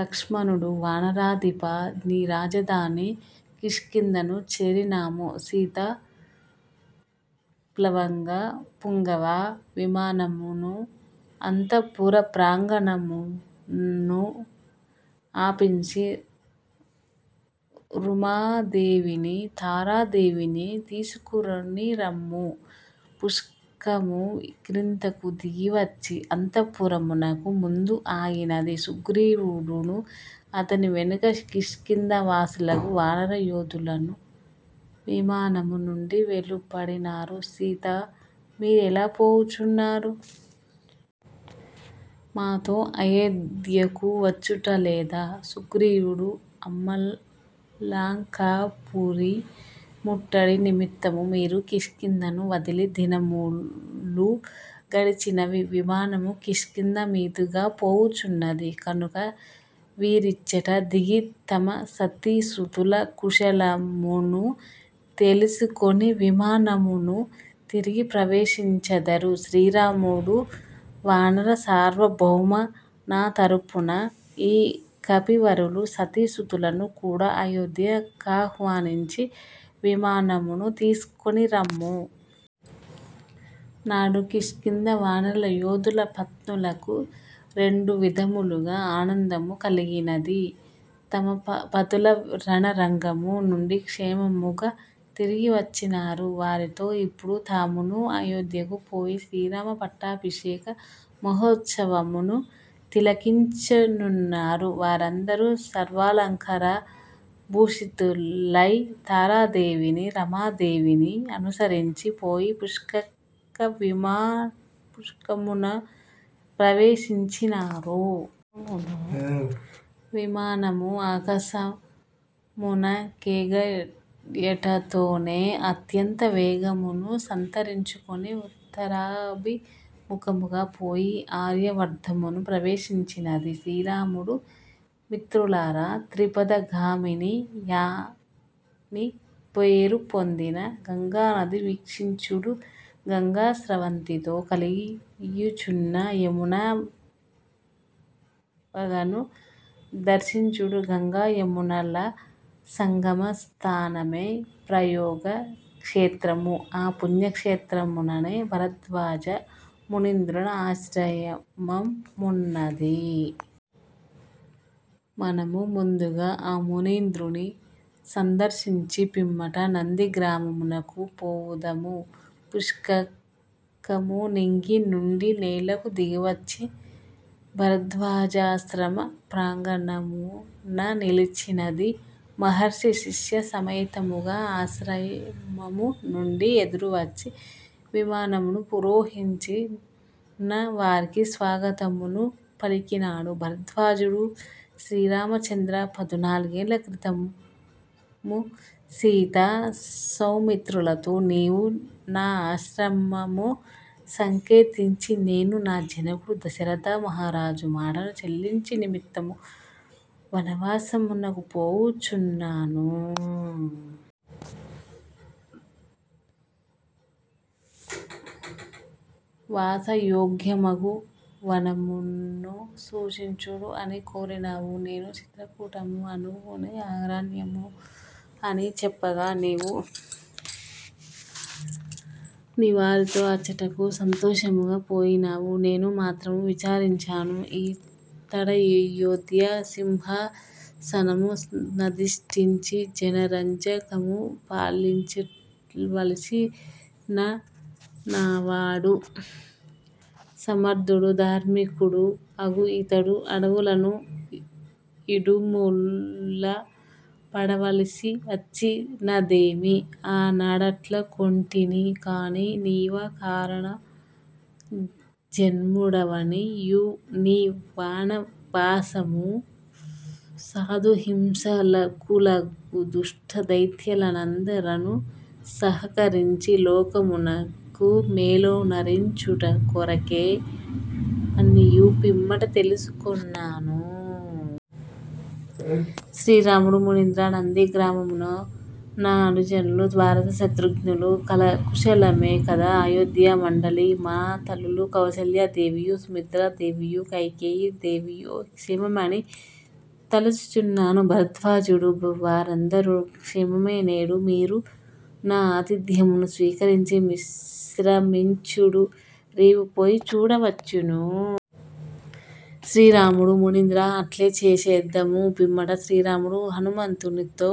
లక్ష్మణుడు: వానరాధిపా నీ రాజధాని కిష్కింధను చేరినాము. సీత: ప్లవంగ పుంగవా, విమానమును అంతఃపురప్రాంగణమున ఆపించి రుమాదేవినీ తారాదేవినీ తీసికొనిరమ్ము. పుష్పకము క్రిందునకు దిగివచ్చి అంతఃపురమునకు ముందు ఆగినది. సుగ్రీవుడునూ అతని వెనుక కిష్కింధ వాసులగు వానర యోదులునూ విమానము నుండి వెలువడినారు. సీతా: మీరేల పోవుచున్నారు? మాతో అయోధ్యకు వచ్చుటలేదా? సుగ్రీవుడు: అమ్మాలంకాపురి ముట్టడి నిమిత్తము వీరు కిష్కింధను వదలి దినములు గడచినవి. విమానము కిష్కింధ మీదుగా పోవుచున్నది కనుక వీరిచ్చట దిగి తమ సతీసుతుల కుశలమును తెలిసికొని విమానమును తిరిగి ప్రవేశించెదరు. శ్రీరాముడు: వానర సార్వభౌమా నా తరపున ఈ కపివరుల సతీసుతులను కూడ అయోధ్య కాహ్వానించి విమానమున తీసికొనిరమ్ము. నాడు కిష్కింధ వానర యోధుల పత్నులకు రెండు విధములుగ ఆనందము కలిగినది: తమ పతులు రణరంగము నుండి క్షేమముగ తిరిగివచ్చినారు. వారితో ఇప్పుడు తామునూ అయోధ్యకు పోయి శ్రీరామ పట్టాభిషేక మహోత్సవమును తిలకించనున్నారు. వారందరును సర్వాలంకార భూషితలై తారాదేవినీ రమాదేవినీ అనుసరించి పోయి పుష్పకమును ప్రవేశించినారు. విమానము ఆకసమున కెగయుటతోనే అత్యంత వేగమును సంతరించుకొని ఉత్తరాభి ముఖముగా పోయి ఆర్యావర్తమును ప్రవేశించినది. శ్రీరాముడు: మిత్రులారా 'త్రిపథగామిని'యని పేరుపొందిన గంగానదిని వీక్షించుడు. గంగా స్రవంతితో కలియుచున్న యమునా పగను దర్శించుడు. గంగా యమునల సంగమ స్థానమే ప్రయాగక్షేత్రము. ఆ పుణ్యక్షేత్రముననే భరద్వాజ మునీంద్రుని ఆశ్రమం మున్నది. మనము ముందుగా ఆ మునీంద్రునీ సందర్శించి పిమ్మట నంది గ్రామమునకు పోవుదము. పుష్పకము నింగి నుండి నేలకు దిగివచ్చి భరద్వాజాశ్రమ ప్రాంగణమున నిలిచినది. మహర్షి శిష్య సమేతముగ ఆశ్రమము నుండి ఎదురువచ్చి విమానమున వరోహించిన వారికి స్వాగతమును పలికినాడు. భరద్వాజుడు: శ్రీరామచంద్రా, పదునాలుగేండ్ల క్రితము సీతా సౌమిత్రులతో నీవు నా యాశ్రమము నకేతించి నేను నా జనకుడు దశరథ మహారాజు మాటను చెల్లించు నిమిత్తము వనవాసమునకు పోవుచున్నాను. వాసయోగ్యమగు వనమును సూచించుడు అని కోరినావు. నేను 'చిత్రకూటము అనువగు అరణ్యము అని చెప్పగా నీవు నీవారితో అచ్చటకు సంతోషముగా పోయినావు! నేను మాత్రము విచారించినాను: ఈ తడయోధ్య సింహాసనము నధిష్ఠించి జనరంజకముగ పాలించవలసినవాడు! సమర్ధుడును ధార్మికుడును అగు ఇతడు అడవులను ఇడుమలు పడవలసివచ్చినదేమి? ఆనాడట్లనుకొంటిని కాని, నీవ కారణ జన్ముడవనియూ నీ వనవాసము సాధుహింసకులగు దుష్ట దైత్యులనందఱను సంహరించి లోకమునకు మేలొనరించుట కొరకె అనియూ పిమ్మట తెలిసికొన్నాను. శ్రీరాముడు: మునీంద్రా నంది గ్రామమున నా అనుజులు భారత శత్రుఘ్నులు కుశలమె కద? అయోధ్య యందలి మా తల్లులు కౌసల్యాదేవియూ, సుమిత్రా దేవియూ కైకేయ దేవియూ క్షేమమని తలచుచున్నాను. భరద్వాజుడు: వారందఱును క్షేమము. నేడు మీరు నా ఆతిథ్యమును స్వీకరించి విశ్రమించుడు. రేపు పోయి చూడవచ్చును. శ్రీరాముడు: మునీంద్రా అట్లే చేసెదము. పిమ్మట శ్రీరాముడు హనుమంతునితో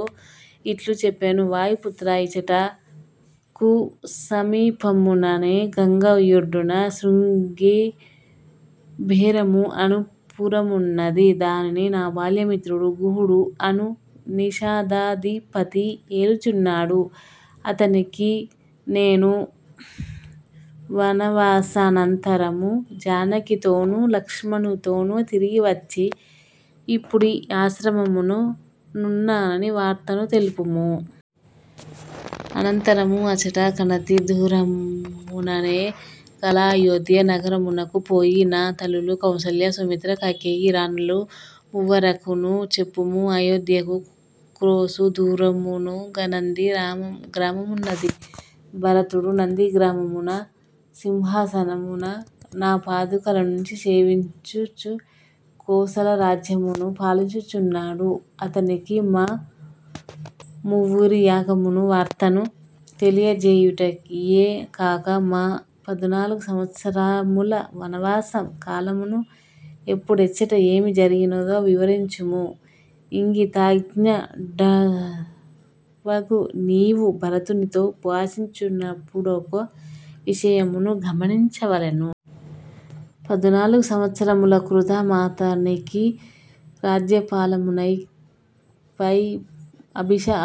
ఇట్లు చెప్పెను: వాయుపుత్రా, ఇచ్చటకు సమీపముననె గంగ యొడ్డున శృంగిబేరము అను పురమున్నది. దానిని నా బాల్యమిత్రుడు 'గుహుడు' అను నిషాదాధిపతి ఏలుచున్నాడు. అతనికి నేను వనవాసానంతరాము జానకితోనూ లక్ష్మణునితోనూ తిరిగివచ్చి ఇప్పుడీ యాశ్రమమున నున్నానను వార్తను తెలుపుము. అనంతరము అచ్చట కనతి దూరముననె కళ అయోధ్యా నగరమునకు పోయి నా తల్లులు కౌసల్య సుమిత్ర కైకేయి రాణులు మువ్వురకును చెప్పుము. అయోధ్యకు క్రోసు దూరమున నంది గ్రామమున్నది. భరతుడు నంది గ్రామమున సింహాసనమున నా పాదుకల నుంచి సేవించుచు కోసల రాజ్యమును పాలించుచున్నాడు. అతనికి మా మువ్వురి యాగమన వార్తను తెలియజేయుటయె కాక మా పదునాలుగు వత్సరముల వనవాస కాలమున ఎప్పుడెచ్చట ఏమి జరిగినదో వివరించుము ఇంగితజ్ఞుడవగు నీవు భరతునితో భాషించునపుడొక విషయమును గమనించవలెను. పదునాలుగు వత్సరముల కృతమాతనికి రాజ్య పాలనముపై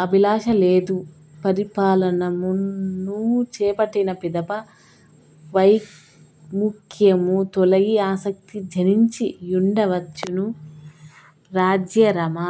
అభిలాష లేదు. పరిపాలనమును చేపట్టిన పిదప వైముఖ్యము తొలగి ఆసక్తి జనించి యుండవచ్చును. రాజ్యరమ